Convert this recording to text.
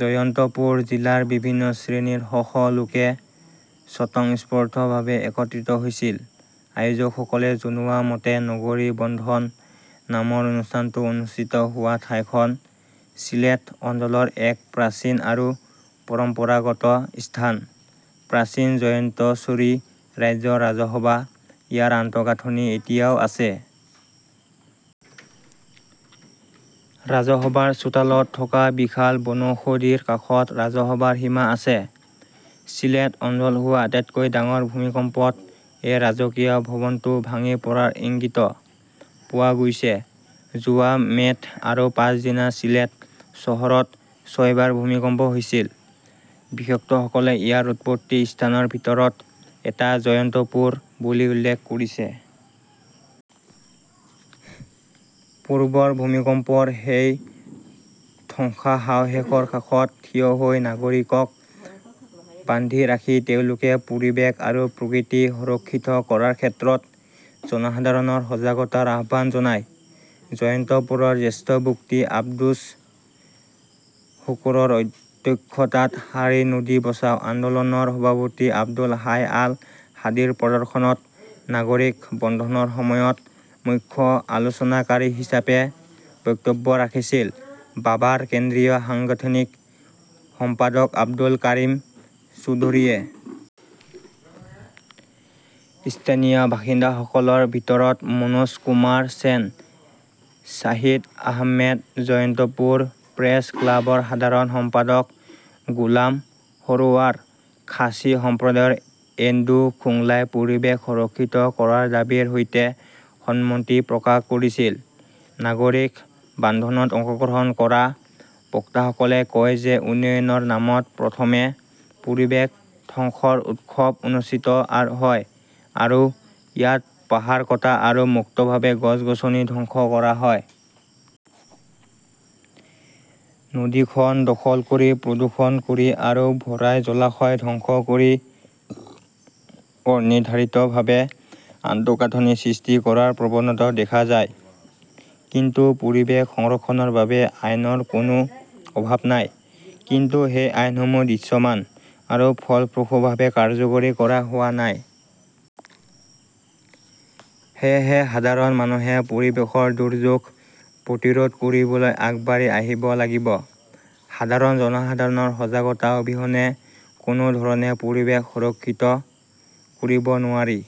জয়ন্তপুৰ জিলাৰ বিভিন্ন শ্ৰেণীৰ শ শ লোকে স্বতঃস্ফূৰ্তভাৱে একত্ৰিত হৈছিল। আয়োজকসকলে জনোৱা মতে, নগৰী বন্ধন নামৰ অনুষ্ঠানটো অনুষ্ঠিত হোৱা ঠাইখন চিলেট অঞ্চলৰ এক প্ৰাচীন আৰু পৰম্পৰাগত স্থান। প্ৰাচীন জয়ন্তশ্বৰী ৰাজ্যৰ ৰাজসভা। ইয়াৰ আন্তঃগাঁথনি এতিয়াও আছে। ৰাজসভাৰ চোতালত থকা বিশাল বনৌষধিৰ কাষত ৰাজসভাৰ সীমা আছে। চিলেট অঞ্চল হোৱা আটাইতকৈ ডাঙৰ ভূমিকম্পত এই ৰাজকীয় ভৱনটো ভাঙি পৰাৰ ইংগিত পোৱা গৈছে। যোৱা মে'ত আৰু পাছদিনা চিলেট চহৰত ছয়বাৰ ভূমিকম্প হৈছিল। বিশেষও সকলে ইয়াৰ উৎপত্তি স্থানৰ ভিতৰত এটা জয়ন্তপুৰ বুলি উল্লেখ কৰিছে। পূৰ্বৰ ভূমিকম্পৰ সেই ধ্বংসাৱশেষৰ কাষত থিয় হৈ নাগৰিকক বান্ধি ৰাখি তেওঁলোকে পৰিৱেশ আৰু প্ৰকৃতি সুৰক্ষিত কৰাৰ ক্ষেত্ৰত জনসাধাৰণৰ সজাগতাৰ আহ্বান জনায়। জয়ন্তপুৰৰ জ্যেষ্ঠ ব্যক্তি আব্দুছ শুকুৰৰ অধ্যক্ষতাত শাৰী নদী বচাও আন্দোলনৰ সভাপতি আব্দুল হাই আল হাদিৰ প্ৰদৰ্শনত নাগৰিক বন্ধনৰ সময়ত মুখ্য আলোচনাকাৰী হিচাপে বক্তব্য ৰাখিছিল বাবাৰ কেন্দ্ৰীয় সাংগঠনিক সম্পাদক আব্দুল কাৰিম চৌধুৰীয়ে। স্থানীয় বাসিন্দাসকলৰ ভিতৰত মনোজ কুমাৰ সেন, শ্বাহিদ আহমেদ, জয়ন্তপুৰ প্ৰেছ ক্লাবৰ সাধাৰণ সম্পাদক গোলাম সৰোৱাৰ, খাচী সম্প্ৰদায়ৰ এণ্ডু খোংলাই পৰিৱেশ সুৰক্ষিত কৰাৰ দাবীৰ সৈতে সন্মতি প্ৰকাশ কৰিছিল। নাগৰিক বান্ধোনত অংশগ্ৰহণ কৰা বক্তাসকলে কয় যে উন্নয়নৰ নামত প্ৰথমে পৰিৱেশ ধ্বংসৰ উৎসৱ অনুষ্ঠিত হয় আৰু ইয়াত পাহাৰ কটা আৰু মুক্তভাৱে গছ-গছনি ধ্বংস কৰা হয়। নদীখন দখল কৰি, প্ৰদূষণ কৰি আৰু ভৰাই জলাশয় ধ্বংস কৰি অনিৰ্ধাৰিতভাৱে আন্তঃগাঁথনি সৃষ্টি কৰাৰ প্ৰৱণতাও দেখা যায়। কিন্তু পৰিৱেশ সংৰক্ষণৰ বাবে আইনৰ কোনো অভাৱ নাই। কিন্তু সেই আইনসমূহ দৃশ্যমান আৰু ফলপ্ৰসূভাৱে কাৰ্যকৰী কৰা হোৱা নাই। সেয়েহে সাধাৰণ মানুহে পৰিৱেশৰ দুৰ্যোগ প্ৰতিৰোধ কৰিবলৈ আগবাঢ়ি আহিব লাগিব। সাধাৰণ জনসাধাৰণৰ সজাগতা অবিহনে কোনো ধৰণে পৰিৱেশ সুৰক্ষিত কৰিব নোৱাৰি।